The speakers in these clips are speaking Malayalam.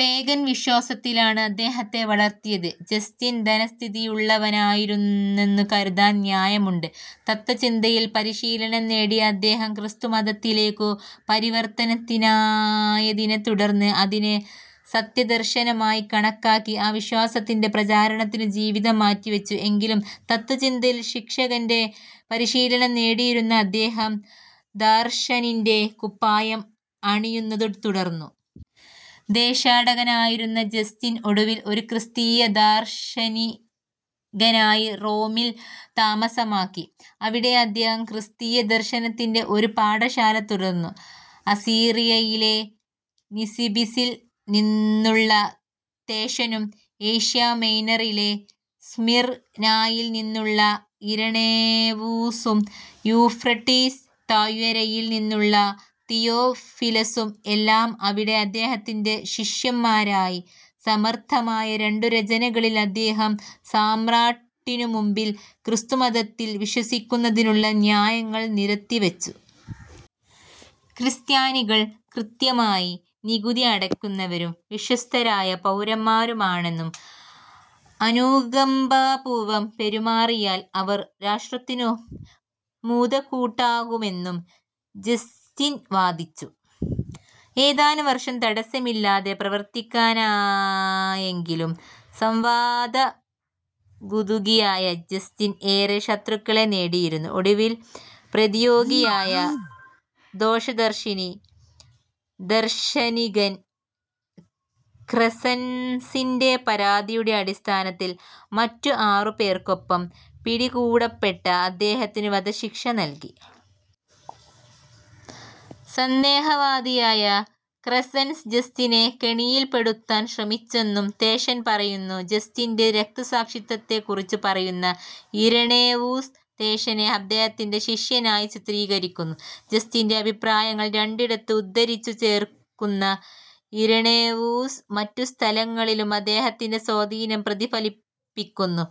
പേഗൻ വിശ്വാസത്തിലാണ് അദ്ദേഹത്തെ വളർത്തിയത്. ജസ്റ്റിൻ ധനസ്ഥിതിയുള്ളവനായിരുന്നെന്നു കരുതാൻ ന്യയമുണ്ട്. തത്ത്വചിന്തയിൽ പരിശീലനം നേടിയ അദ്ദേഹം ക്രിസ്തുമതത്തിലേക്കു പരിവർത്തിതനായതിനെ തുടർന്ന് അതിനെ സത്യദർശനമായി കണക്കാക്കി ആ വിശ്വാസത്തിന്റെ പ്രചാരണത്തിനു ജീവിതം മാറ്റിവച്ചു. എങ്കിലും, തത്ത്വചിന്തയിൽ ശിക്ഷകന്റെ പരിശീലം നേടിയിരുന്ന അദ്ദേഹം ദാർശനിന്റെ കുപ്പായം അണിയുന്നതു തുടർന്നു. ദേശാടകനായിരുന്ന ജസ്റ്റിൻ ഒടുവിൽ ഒരു ക്രിസ്തീയ ദാർശനികനായി റോമിൽ താമസമാക്കി. അവിടെ അദ്ദേഹം ക്രിസ്തീയദർശനത്തിന്റെ ഒരു പാഠശാല തുറന്നു. അസീറിയയിലെ നിസിബിസിൽ നിന്നുള്ള തേഷനും, ഏഷ്യാമൈനറിലെ സ്മിർനായിൽ നിന്നുള്ള ഇരണേവൂസും, യൂഫ്രട്ടീസ് താഴ്വരയിൽ നിന്നുള്ള തിയോഫിലസും എല്ലാം അവിടെ അദ്ദേഹത്തിന്റെ ശിഷ്യന്മാരായി. സമർത്ഥമായ രണ്ടു രചനകളിൽ അദ്ദേഹം സാമ്രാട്ടിനു മുൻപിൽ ക്രിസ്തുമതത്തിൽ വിശ്വസിക്കുന്നതിനുള്ള ന്യായങ്ങൾ നിരത്തിവച്ചു. ക്രിസ്ത്യാനികൾ കൃത്യമായി നികുതി അടയ്ക്കുന്നവരും വിശ്വസ്തരായ പൗരന്മാരുമാണെന്നും അനുകമ്പാപൂർവം പെരുമാറിയാൽ അവർ രാഷ്ട്രത്തിനു മുതക്കൂട്ടാകുമെന്നും ജസ്റ്റിൻ വാദിച്ചു. ഏതാനും വർഷം തടസ്സമില്ലാതെ പ്രവർത്തിക്കാനായെങ്കിലും സംവാദകുതുകിയായ ജസ്റ്റിൻ ഏറെ ശത്രുക്കളെ നേടിയിരുന്നു. ഒടുവിൽ പ്രതിയോഗിയായ ദോഷദർശി ദർശിനികൻ ക്രെസൻസിന്റെ പരാതിയുടെ അടിസ്ഥാനത്തിൽ മറ്റു ആറു പേർക്കൊപ്പം പിടികൂടപ്പെട്ട അദ്ദേഹത്തിനു വധശിക്ഷ നൽകി. സന്ദേഹവാദിയായ ക്രെസൻസ് ജസ്റ്റിനെ കെണിയിൽ പെടുത്താൻ ശ്രമിച്ചെന്നും തേഷൻ പറയുന്നു. ജസ്റ്റിന്റെ രക്തസാക്ഷിത്വത്തെക്കുറിച്ചു പറയുന്ന ഇരണേവൂസ് തേഷനെ അദ്ദേഹത്തിന്റെ ശിഷ്യനായി ചിത്രീകരിക്കുന്നു. ജസ്റ്റിന്റെ അഭിപ്രായങ്ങൾ രണ്ടിടത്ത് ഉദ്ധരിച്ചു ചേർക്കുന്ന ഇരണേവൂസ് മറ്റു സ്ഥലങ്ങളിലും അദ്ദേഹത്തിന്റെ സ്വാധീനം പ്രതിഫലിപ്പിക്കുന്നു.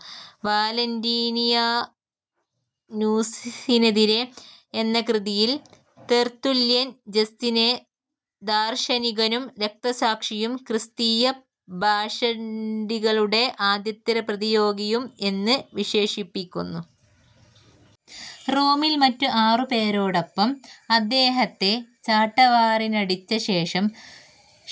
"വാലന്റീനിയാനൂസിനെതിരെ" എന്ന കൃതിയിൽ തെർത്തുല്യൻ ജസ്റ്റിനെ ദാർശനികനും രക്തസാക്ഷിയും, ക്രിസ്തീയ പാഷണ്ഡികളുടെ ആദ്യത്തെ പ്രതിയോഗിയും എന്നു വിശേഷിപ്പിക്കുന്നു. റോമിൽ മറ്റു ആറു പേരോടൊപ്പം അദ്ദേഹത്തെ ചാട്ടവാറിനടിച്ച ശേഷം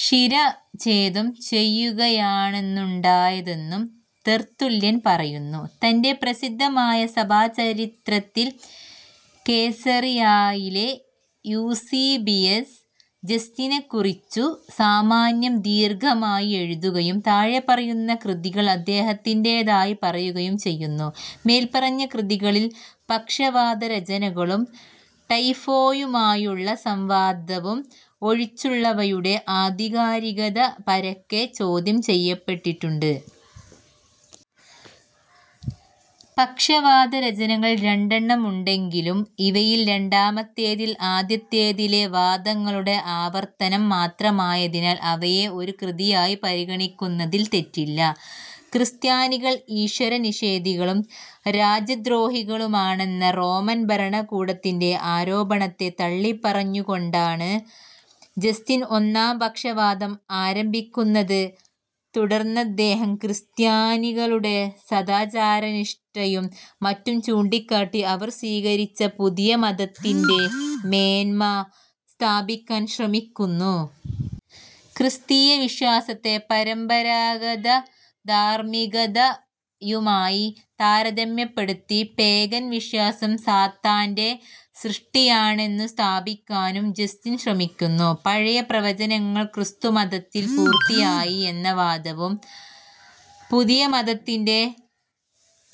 ശിരഛേദം ചെയ്യുകയാണുണ്ടായതെന്നും തെർത്തുല്യൻ പറയുന്നു. തന്റെ പ്രസിദ്ധമായ സഭാചരിത്രത്തിൽ കേസറിയായിലെ യൂസീബിയസ് ജസ്റ്റിനെക്കുറിച്ചു സാമാന്യം ദീർഘമായി എഴുതുകയും, താഴെപ്പറയുന്ന കൃതികൾ അദ്ദേഹത്തിന്റേതായി പറയുകയും ചെയ്യുന്നു: മേല്പറഞ്ഞ കൃതികളിൽ, പക്ഷവാദരചനകളും, ടൈഫോയുമായുള്ള സംവാദവും ഒഴിച്ചുള്ളവയുടെ ആധികാരികത പരക്കെ ചോദ്യം ചെയ്യപ്പെട്ടിട്ടുണ്ട്. പക്ഷവാദരചനകൾ രണ്ടെണ്ണം ഉണ്ടെങ്കിലും ഇവയിൽ രണ്ടാമത്തേതിൽ ആദ്യത്തേതിലെ വാദങ്ങളുടെ ആവർത്തനം മാത്രമായതിനാൽ, അവയെ ഒരു കൃതിയായി പരിഗണിക്കുന്നതിൽ തെറ്റില്ല. ക്രിസ്ത്യാനികൾ ഈശ്വരനിഷേധികളും രാജ്യദ്രോഹികളുമാണെന്ന റോമൻ ഭരണകൂടത്തിന്റെ ആരോപണത്തെ തള്ളിപ്പറഞ്ഞുകൊണ്ടാണ് ജസ്റ്റിൻ ഒന്നാം പക്ഷവാദം ആരംഭിക്കുന്നത്. തുടർന്നദ്ദേഹം ക്രിസ്ത്യാനികളുടെ സദാചാരനിഷ്ഠയും മറ്റും ചൂണ്ടിക്കാട്ടി അവർ സ്വീകരിച്ച പുതിയ മതത്തിന്റെ മേന്മ സ്ഥാപിക്കാൻ ശ്രമിക്കുന്നു. ക്രിസ്തീയവിശ്വാസത്തെ പരമ്പരാഗതധാർമ്മികതയുമായി താരതമ്യപ്പെടുത്തി പേഗൻ വിശ്വാസം സാത്താന്റെ സൃഷ്ടിയാണെന്നു സ്ഥാപിക്കാനും ജസ്റ്റിൻ ശ്രമിക്കുന്നു. പഴയ പ്രവചനങ്ങൾ ക്രിസ്തുമതത്തിൽ പൂർത്തിയായി എന്ന വാദവും പുതിയ മതത്തിന്റെ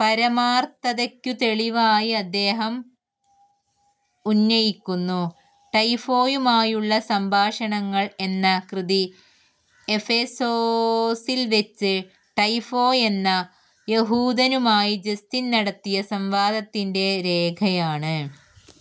പരമാർത്ഥതയ്ക്കു തെളിവായി അദ്ദേഹം ഉന്നയിക്കുന്നു. "ടൈഫോയുമായുള്ള സംഭാഷണങ്ങൾ" എന്ന കൃതി എഫേസോസിൽ വച്ച് ടൈഫോ എന്ന യഹൂദനുമായി ജസ്റ്റിൻ നടത്തിയ സംവാദത്തിന്റെ രേഖയാണ്.